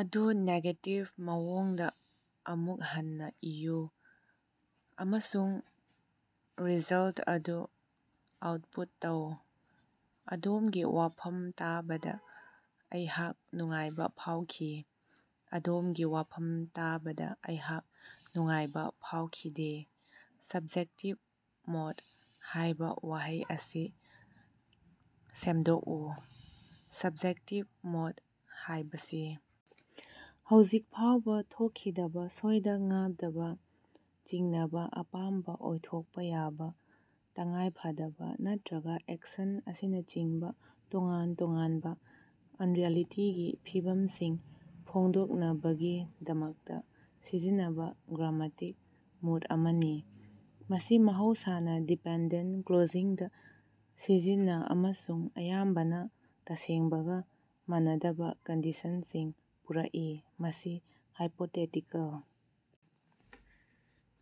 ꯑꯗꯨ ꯅꯦꯒꯦꯇꯤꯚ ꯃꯑꯣꯡꯗ ꯑꯃꯨꯛ ꯍꯟꯅ ꯏꯌꯨ ꯑꯃꯁꯨꯡ ꯔꯤꯖꯜꯇ ꯑꯗꯨ ꯑꯥꯎꯠꯄꯨꯠ ꯇꯧ꯫ ꯑꯗꯣꯝꯒꯤ ꯋꯥꯐꯝ ꯇꯥꯕꯗ ꯑꯩꯍꯥꯛ ꯅꯨꯡꯉꯥꯏꯕ ꯐꯥꯎꯈꯤ ꯫ ꯑꯗꯣꯝꯒꯤ ꯋꯥꯐꯝ ꯇꯥꯕꯗ ꯑꯩꯍꯥꯛ ꯅꯨꯡꯉꯥꯏꯕ ꯐꯥꯑꯣꯈꯤꯗꯦ꯫ "ꯁꯕꯖꯦꯛꯇꯤꯚ ꯃ‌ꯣꯗ" ꯍꯥꯏꯕ ꯋꯥꯍꯩ ꯑꯁꯤ ꯁꯦꯝꯗꯣꯛꯎ꯫ ꯁꯕꯖꯦꯛꯇꯤꯚ ꯃ‌ꯣꯗ ꯍꯥꯢꯕꯁꯤ ꯍꯧꯖꯤꯛ ꯐꯥꯎꯕ ꯊꯣꯛꯈꯤꯗꯕ, ꯁꯣꯏꯗ-ꯉꯥꯞꯗꯕ, ꯆꯤꯡꯅꯕ, ꯑꯄꯥꯝꯕ, ꯑꯣꯏꯊꯣꯛꯄ ꯌꯥꯕ, ꯇꯉꯥꯏꯐꯗꯕ ꯅꯠꯇ꯭ꯔꯒ ꯑꯦꯛꯁꯟ ꯑꯁꯤꯅꯆꯤꯡꯕ ꯇꯣꯉꯥꯟ-ꯇꯣꯉꯥꯟꯕ ꯑꯟꯔꯤꯑꯦꯂꯤꯇꯤꯒꯤ ꯐꯤꯚꯝꯁꯤꯡ ꯐꯣꯡꯗꯣꯛꯅꯕꯒꯤꯗꯃꯛꯇ ꯁꯤꯖꯤꯟꯅꯕ ꯒ꯭ꯔꯥꯝꯃꯥꯇꯤꯛ ꯃꯨꯗ ꯑꯃꯅꯤ꯫ ꯃꯁꯤ ꯃꯍꯧꯁꯥꯅ ꯗꯤꯄꯦꯟꯗꯦꯟꯇ ꯀ꯭ꯂꯣꯖꯁꯤꯡꯗ ꯁꯤꯖꯤꯟꯅ ꯑꯃꯁꯨꯡ ꯑꯌꯥꯝꯕꯅ ꯇꯁꯦꯡꯕꯒ, ꯃꯥꯟꯅꯗꯕ ꯀꯟꯗꯤꯁꯟꯁꯤꯡ ꯄꯨꯔꯛꯏ꯫ ꯃꯁꯤ ꯍꯥꯏꯄꯣꯇꯦꯇꯤꯀꯜ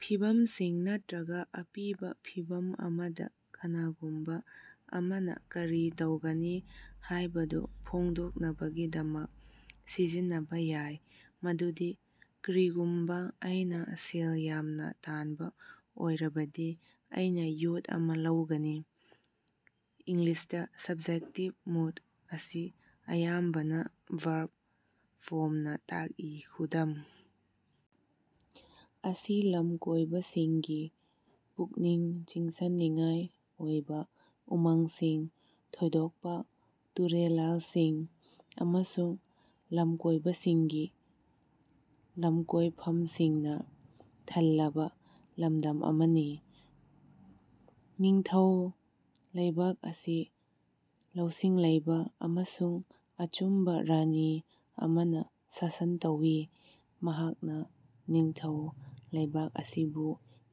ꯐꯤꯚꯝꯁꯤꯡ ꯅꯠꯇ꯭ꯔꯒ ꯑꯄꯤꯕ ꯐꯤꯚꯝ ꯑꯃꯗ ꯀꯅꯥꯒꯨꯝꯕ ꯑꯃꯅ ꯀꯔꯤ ꯇꯧꯒꯅꯤ ꯍꯥꯏꯕꯗꯨ ꯐꯣꯡꯗꯣꯛꯅꯕꯒꯤꯗꯃꯛ ꯁꯤꯖꯤꯟꯅꯕ ꯌꯥꯏ, ꯃꯗꯨꯗꯤ "ꯀꯔꯤꯒꯨꯝꯕ ꯑꯩꯅ ꯁꯦꯜ ꯌꯥꯝꯅ ꯇꯥꯟꯕ ꯑꯣꯏꯔꯕꯗꯤ ꯑꯩꯅ ꯌꯣꯠ ꯑꯃ ꯂꯧꯒꯅꯤ꯫" ꯏꯪꯂꯤꯁꯇ, ꯁꯕꯖꯦꯛꯇꯤꯚ ꯃꯨꯗ ꯑꯁꯤ ꯑꯌꯥꯝꯕꯅ ꯚꯔꯕ ꯐꯣꯔꯝꯅ ꯇꯥꯛꯏ, ꯈꯨꯗꯝ ꯑꯁꯤ ꯂꯝꯀꯣꯏꯕꯁꯤꯡꯒꯤ ꯄꯨꯛꯅꯤꯡ ꯆꯤꯡꯖꯟꯅꯤꯡꯉꯥꯏ ꯑꯣꯏꯕ ꯎꯃꯪꯁꯤꯡ, ꯊꯣꯏꯗꯣꯛꯄ ꯇꯨꯔꯦꯂꯜꯁꯤꯡ ꯑꯃꯁꯨꯡ ꯂꯝꯀꯣꯏꯕꯁꯤꯡꯒꯤ ꯂꯝꯀꯣꯏꯐꯝꯁꯤꯡꯅ ꯊꯜꯂꯕ ꯂꯝꯗꯝ ꯑꯃꯅꯤ꯫ ꯅꯤꯡꯊꯧ ꯂꯩꯕꯥꯛ ꯑꯁꯤ ꯂꯧꯁꯤꯡ ꯂꯩꯕ ꯑꯃꯁꯨꯡ ꯑꯆꯨꯝꯕ ꯔꯥꯅꯤ ꯑꯃꯅ ꯁꯥꯁꯟ ꯇꯧꯏ, ꯃꯍꯥꯛꯅ ꯅꯤꯡꯊꯧ ꯂꯩꯕꯥꯛ ꯑꯁꯤꯕꯨ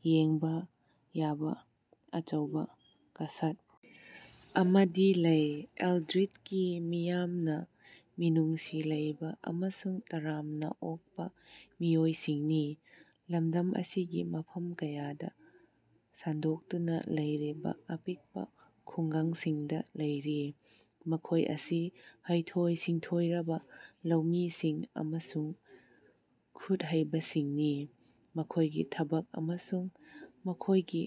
ꯌꯦꯡꯕ ꯌꯥꯕ ꯑꯆꯧꯕ ꯀꯥꯁ꯭ꯠ ꯑꯃꯗꯤ ꯂꯩ꯫ ꯑꯦꯜꯗ꯭ꯔꯤꯗꯀꯤ ꯃꯤꯌꯥꯝꯅ ꯃꯤꯅꯨꯡꯁꯤ ꯂꯩꯕ ꯑꯃꯁꯨꯡ ꯇꯔꯥꯝꯅ ꯑꯣꯛꯄ ꯃꯤꯑꯣꯏꯁꯤꯡꯅꯤ, ꯂꯝꯗꯝ ꯑꯁꯤꯒꯤ ꯃꯐꯝ ꯀꯌꯥꯗ ꯁꯟꯗꯣꯛꯇꯨꯅ ꯂꯩꯔꯤꯕ ꯑꯄꯤꯛꯄ ꯈꯨꯡꯒꯪꯁꯤꯡꯗ ꯂꯩꯔꯤ꯫ ꯃꯈꯣꯏ ꯑꯁꯤ ꯍꯩꯊꯣꯏ-ꯁꯤꯡꯊꯣꯏꯔꯕ ꯂꯧꯃꯤꯁꯤꯡ ꯑꯃꯁꯨꯡ ꯈꯨꯠꯍꯩꯕꯁꯤꯡꯅꯤ, ꯃꯈꯣꯢꯒꯤ ꯊꯕꯛ ꯑꯃꯁꯨꯡ ꯃꯈꯣꯏꯒꯤ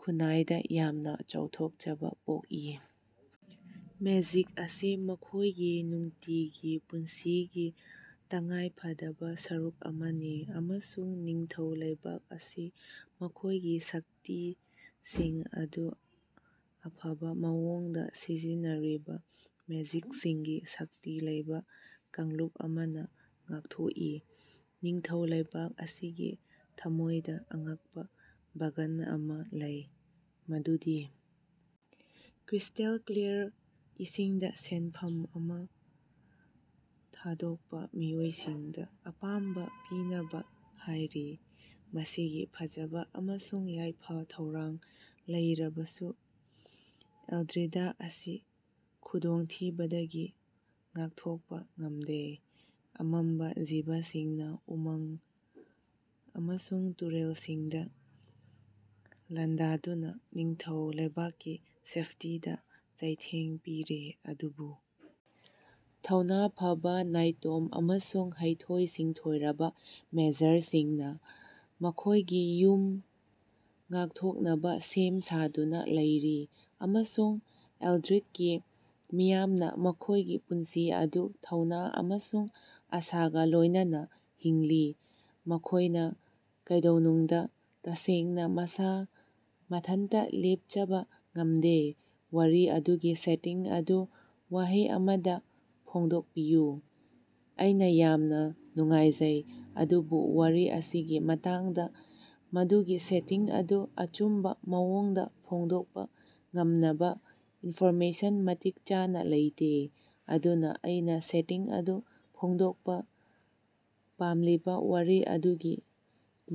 ꯈꯨꯟꯅꯥꯏꯗ ꯌꯥꯝꯅ ꯆꯥꯎꯊꯣꯛꯆꯕ ꯄꯣꯛꯏ꯫ ꯃꯦꯖꯤꯛ ꯑꯁꯤ ꯃꯈꯣꯏꯒꯤ ꯅꯨꯡꯇꯤꯒꯤ ꯄꯨꯟꯁꯤꯒꯤ ꯇꯉꯥꯏꯐꯗꯕ ꯁꯔꯨꯛ ꯑꯃꯅꯤ, ꯑꯃꯁꯨꯡ ꯅꯤꯡꯊꯧ ꯂꯩꯕꯥꯛ ꯑꯁꯤ ꯃꯈꯣꯏꯒꯤ ꯁꯛꯇꯤꯁꯤꯡ ꯑꯗꯨ ꯑꯐꯕ ꯃꯑꯣꯡꯗ ꯁꯤꯖꯤꯟꯅꯔꯤꯕ ꯃꯦꯖꯤꯛꯁꯤꯡꯒꯤ ꯁꯛꯇꯤ ꯂꯩꯕ ꯀꯥꯡꯂꯨꯞ ꯑꯃꯅ ꯉꯥꯛꯊꯣꯛꯏ꯫ ꯅꯤꯡꯊꯧ ꯂꯩꯕꯥꯛ ꯑꯁꯤꯒꯤ ꯊꯃꯣꯏꯗ ꯑꯉꯛꯄ ꯕꯥꯒꯥꯟ ꯑꯃ ꯂꯩ, ꯃꯗꯨꯗꯤ ꯀ꯭ꯔꯤꯁ꯭ꯇꯦꯜ ꯀ꯭ꯂꯤꯌꯥꯔ ꯏꯁꯤꯡꯗ ꯁꯦꯟꯐꯝ ꯑꯃ ꯊꯥꯗꯣꯛꯄ ꯃꯤꯑꯣꯏꯁꯤꯡꯗ ꯑꯄꯥꯝꯕ ꯄꯤꯅꯕ ꯍꯥꯏꯔꯤ꯫ ꯃꯁꯤꯒꯤ ꯐꯖꯕ ꯑꯃꯁꯨꯡ ꯌꯥꯏꯐ-ꯊꯧꯔꯥꯡ ꯂꯩꯔꯕꯁꯨ ꯑꯦꯜꯗ꯭ꯔꯤꯗ ꯑꯁꯤ ꯈꯨꯗꯣꯡꯊꯤꯕꯗꯒꯤ ꯉꯥꯛꯊꯣꯛꯄ ꯉꯝꯗꯦ ꯫ ꯑꯃꯝꯕ ꯖꯤꯕꯁꯤꯡꯅ ꯎꯃꯪ ꯑꯃꯁꯨꯡ ꯇꯨꯔꯦꯜꯁꯤꯡꯗ ꯂꯥꯟꯗꯥꯗꯨꯅ ꯅꯤꯡꯊꯧ ꯂꯩꯕꯥꯛꯀꯤ ꯁꯦꯐꯇꯤꯗ ꯆꯩꯊꯦꯡ ꯄꯤꯔꯤ꯫ ꯑꯗꯨꯕꯨ ꯊꯧꯅ ꯐꯕ ꯅꯥꯏꯇꯣꯝ ꯑꯃꯁꯨꯡ ꯍꯩꯊꯣꯏ-ꯁꯤꯡꯊꯣꯏꯔꯕ ꯃꯦꯖꯔꯁꯤꯡꯅ ꯃꯈꯣꯏꯒꯤ ꯌꯨꯝ ꯉꯥꯛꯊꯣꯛꯅꯕ ꯁꯦꯝ ꯁꯥꯗꯨꯅ ꯂꯩꯔꯤ, ꯑꯃꯁꯨꯡ ꯑꯦꯜꯗ꯭ꯔꯤꯗꯀꯤ ꯃꯤꯌꯥꯝꯅ ꯃꯈꯣꯏꯒꯤ ꯄꯨꯟꯁꯤ ꯑꯗꯨ ꯊꯧꯅ ꯑꯃꯁꯨꯡ ꯑꯥꯁꯥꯒ ꯂꯣꯏꯅꯅ ꯍꯤꯡꯂꯤ, ꯃꯈꯣꯢꯅ ꯀꯩꯗꯧꯅꯨꯡꯗ ꯇꯁꯦꯡꯅ ꯃꯁꯥ ꯃꯊꯟꯇ ꯂꯦꯞꯆꯕ ꯉꯝꯗꯦ ꯫ ꯋꯥꯔꯤ ꯑꯗꯨꯒꯤ ꯁꯦꯇꯤꯡ ꯑꯗꯨ ꯋꯥꯍꯩ ꯑꯃꯗ ꯐꯣꯡꯗꯣꯛꯄꯤꯌꯨ꯫ ꯑꯩꯅ ꯌꯥꯝꯅ ꯅꯨꯡꯉꯥꯏꯖꯩ, ꯑꯗꯨꯕꯨ ꯋꯥꯔꯤ ꯑꯁꯤꯒꯤ ꯃꯇꯥꯡꯗ ꯃꯗꯨꯒꯤ ꯁꯦꯇꯤꯡ ꯑꯗꯨ ꯑꯆꯨꯝꯕ ꯃꯑꯣꯡꯗ ꯐꯣꯡꯗꯣꯛꯄ ꯉꯝꯅꯕ ꯏꯟꯐꯣꯔꯃꯦꯁꯟ ꯃꯇꯤꯛ ꯆꯥꯅ ꯂꯩꯇꯦ꯫ ꯑꯗꯨꯅ ꯑꯩꯅ ꯁꯦꯇꯤꯡ ꯑꯗꯨ ꯐꯣꯡꯗꯣꯛꯄ ꯄꯥꯝꯂꯤꯕ ꯋꯥꯔꯤ ꯑꯗꯨꯒꯤ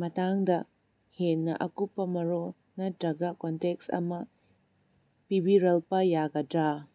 ꯃꯇꯥꯡꯗ ꯍꯦꯟꯅ ꯑꯀꯨꯞꯄ ꯃꯔꯣꯜ ꯅꯠꯇ꯭ꯔꯒ ꯀꯟꯇꯦꯛꯁ ꯑꯃ ꯄꯤꯕꯤꯔꯜꯄ ꯌꯥꯒꯗ꯭ꯔ?